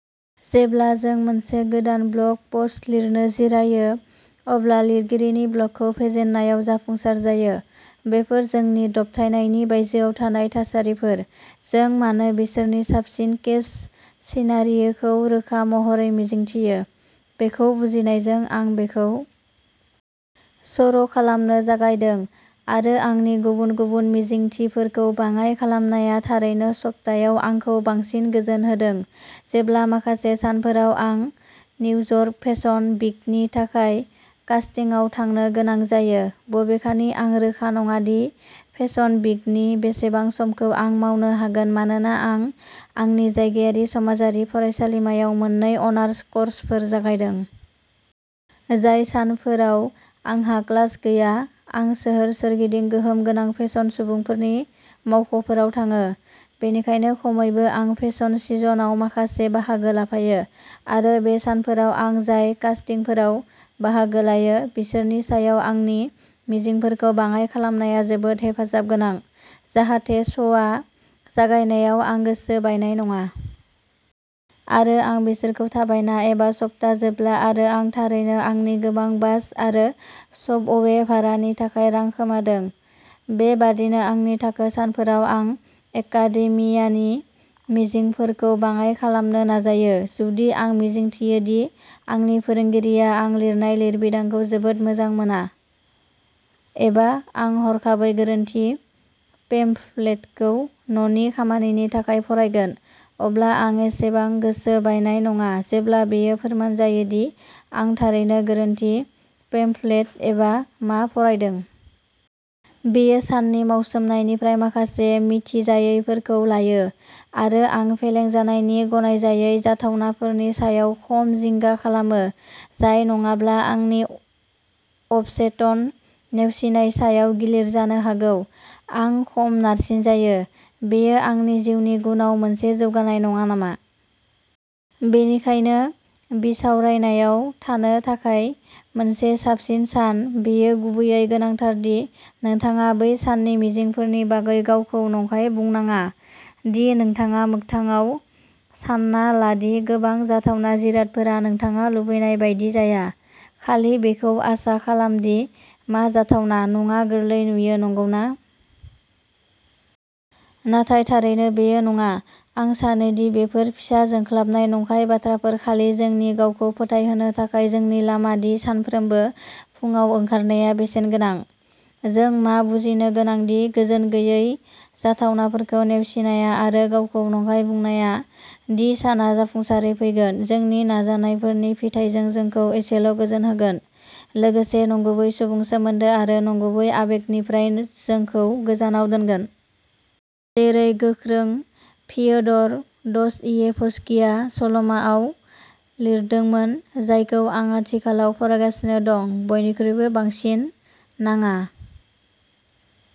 जेब्ला जों मोनसे गोदान ब्लग पस्ट लिरनो जिरायो अब्ला लिरगिरिनि ब्लकखौ फेजेननायाव जाफुंसार जायो। बेफोर जोंनि दबथायनायनि बायजोआव थानाय थासारिफोरः जों मानो बिसोरनि साबसिन केस सिनारियोखौ रोखा महरै मिजिंथियो? बेखौ बुजिनायजों, आं बेखौ सर'खालामनो जागायदों, आरो आंनि गुबुन गुबुन मिजिंथिफोरखौ बाङाइ खालामनाया थारैनो सप्तायाव आंखौ बांसिन गोजोन होदों, जेब्ला माखासे सानफोराव आं निउयर्क फेसन वीकनि थाखाय कास्टिंआव थांनो गोनां जायो, बबेखानि आं रोखा नङा दि फेसन वीकनि बेसेबां समखौ आं मावनो हागोन मानोना आं आंनि जायगायारि समाजारि फरायसालिमायाव मोननै अनार्स कर्सफोर जागायदों। जाय सानफोराव आंहा क्लास गैया, आं सोहोर सोरगिदिं गोहोम गोनां फेसन सुबुंफोरनि मावख'फोराव थाङो, बेनिखायनो खमैबो आं फेसन सिजनआव माखासे बाहागो लाफायो, आरो बे सानफोराव आं जाय कास्टिंफोराव बाहागो लायो, बिसोरनि सायाव आंनि मिजिंफोरखौ बाङाइ खालामनाया जोबोद हेफाजाब गोनां, जाहाथे श'आ जागायनायाव आं गोसो बायनाय नङा। आरो आं बिसोरखौ थाबायना एबा सप्ता जोबब्ला आरो आं थारैनो आंनि गोबां बास आरो सबवे भारानि थाखाय रां खोमादों। बे बादिनो आंनि थाखो सानफोराव आं एकाडेमियानि मिजिंफोरखौ बाङाइ खालामनो नाजायो। जुदि आं मिजिंथियो दि आंनि फोरोंगिरिआ आं लिरनाय लिरबिदांखौ जोबोद मोजां मोना एबा आं हरखाबै गोरोन्थि पेम्फलेटखौ न'नि खामानिनि थाखाय फरायगोन, अब्ला आं एसेबां गोसो बायनाय नङा जेब्ला बेयो फोरमान जायो दि आं थारैनो गोरोन्थि पेम्फलेट एबा मा फरायदों। बेयो साननि मावसोमनायनिफ्राय माखासे मिथिजायैफोरखौ लायो, आरो आं फेलें जानायनि गनायजायै जाथावनाफोरनि सायाव खम जिंगा खालामो जाय नङाब्ला आंनि अबचेतन, नेवसिनाय सायाव गिलिर जानो हागौ। आं खम नारसिनजायो। बेयो आंनि जिउनि गुनआव मोनसे जौगानाय नङा नामा? बेनिखायनो बिसावरायनायावः थानो थाखाय। मोनसे साबसिन सान, बेयो गुबैयै गोनांथार दि नोंथाङा बै साननि मिजिंफोरनि बागै गावखौ नंखाय बुंनाङा, दि नोंथाङा मोगथाङाव सानना ला दि गोबां जाथावना जिरादफोरा नोंथाङा लुबैनाय बायदि जाया। खालि बेखौ आसा खालाम दि मा जाथावना नङा-गोरलै नुयो, नंगौना? नाथाय थारैनो बेयो नङाः आं सानो दि बेफोर फिसा जोंख्लाबनाय नंखाय बाथ्राफोर खालि जोंनि गावखौ फोथायहोनो थाखाय जोंनि लामा दि सानफ्रोमबो फुंआव ओंखारनाया बेसेनगोनां। जों मा बुजिनो गोनां दि गोजोनगैयै जाथावनाफोरखौ नेवसिनाया आरो गावखौ नंखाय बुंनाया दि साना जाफुंसारै फैगोन, जोंनि नाजानायफोरनि फिथायजों जोंखौ एसेल'गोजोन होगोन, लोगोसे नंगुबै सुबुं सोमोनदो आरो नंगुबै आबेगनिफ्राय जोंखौ गोजानाव दोनगोन। जेरै गोख्रों फ्योदर दस्तयेभस्किआ सल'माआव लिरदोंमोन, जायखौ आं आथिखालाव फरायगासिनो दंः बयनिख्रुइबो बांसिन, नाङा।